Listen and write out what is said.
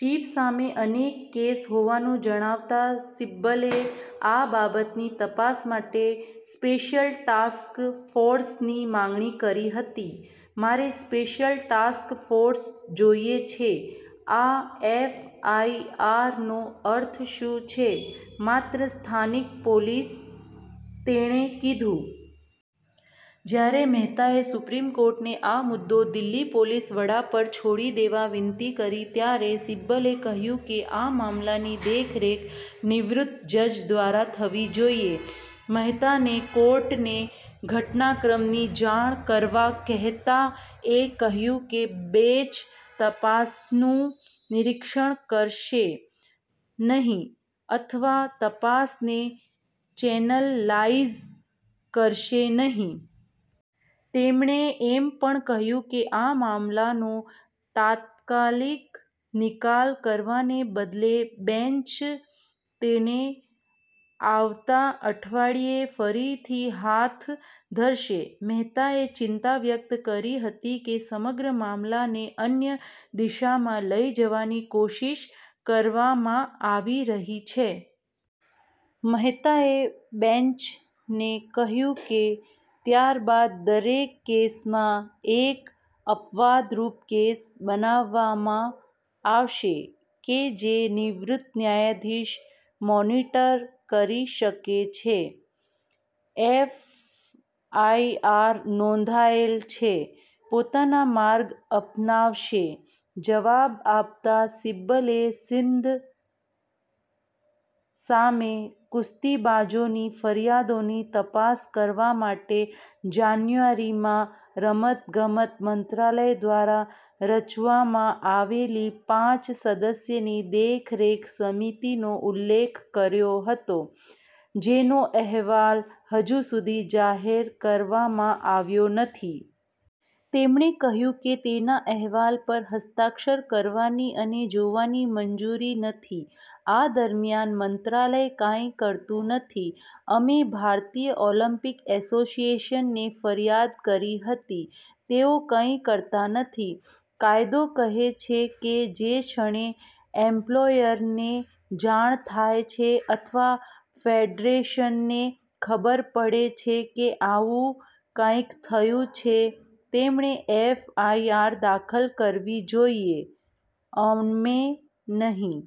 Chief સામે અનેક case હોવાનું જણાવતા સિબ્બલે આ બાબતની તપાસ માટે સ્પેશિયલ ટાસ્ક ફોર્સની માંગણી કરી હતી. "મારે સ્પેશિયલ ટાસ્ક ફોર્સ જોઈએ છે. આ એફઆઈઆરનો અર્થ શું છે, માત્ર સ્થાનિક પોલીસ? તેણે કીધુ. જ્યારે મહેતાએ સુપ્રીમ કોર્ટને આ મુદ્દો દિલ્હી પોલીસ વડા પર છોડી દેવા વિનંતી કરી ત્યારે સિબ્બલે કહ્યું કે આ મામલાની દેખરેખ નિવૃત્ત જજ દ્વારા થવી જોઈએ. મહેતાને કોર્ટને ઘટનાક્રમની જાણ કરવા કહેતાં એ કહ્યું કે બેંચ "તપાસનું નિરીક્ષણ કરશે નહીં અથવા તપાસને ચેનલલાઈઝ કરશે નહીં". તેમણે એમ પણ કહ્યું કે આ મામલાનો તાત્કાલિક નિકાલ કરવાને બદલે બેન્ચ તેને આવતા અઠવાડિયે ફરીથી હાથ ધરશે. મહેતાએ ચિંતા વ્યક્ત કરી હતી કે સમગ્ર મામલાને "અન્ય દિશામાં" લઈ જવાની કોશિશ કરવામાં આવી રહી છે. મહેતાએ બેન્ચને કહ્યું કે "ત્યારબાદ દરેક કેસમાં, એક અપવાદરૂપ કેસ બનાવવામાં આવશે કે જે નિવૃત્ત ન્યાયાધીશ મોનીટર કરી શકે છે. એફઆઈઆર નોંધાયેલ છે. પોતાનો માર્ગ અપનાવશે," જવાબ આપતા સિબ્બલે સિંઘ સામે કુસ્તીબાજોની ફરિયાદોની તપાસ કરવા માટે જાન્યુઆરીમાં રમતગમત મંત્રાલય દ્વારા રચવામાં આવેલી પાંચ-સદસ્યની દેખરેખ સમિતિનો ઉલ્લેખ કર્યો હતો, જેનો અહેવાલ હજુ સુધી જાહેર કરવામાં આવ્યો નથી. તેમણે કહ્યું કે "તેના અહેવાલ પર હસ્તાક્ષર કરવાની અને જોવાની મંજૂરી નથી આ દરમિયાન, મંત્રાલય કંઈ કરતું નથી. અમે ભારતીય ઓલિમ્પિક એસોસિએશનને ફરિયાદ કરી હતી. તેઓ કંઈ કરતા નથી. કાયદો કહે છે કે જે ક્ષણે એમ્પ્લોયરને જાણ થાય છે અથવા ફેડરેશનને ખબર પડે છે કે આવું કંઈક થયું છે, તેમણે એફઆઈઆર દાખલ કરવી જોઈએ, અમે નહીં.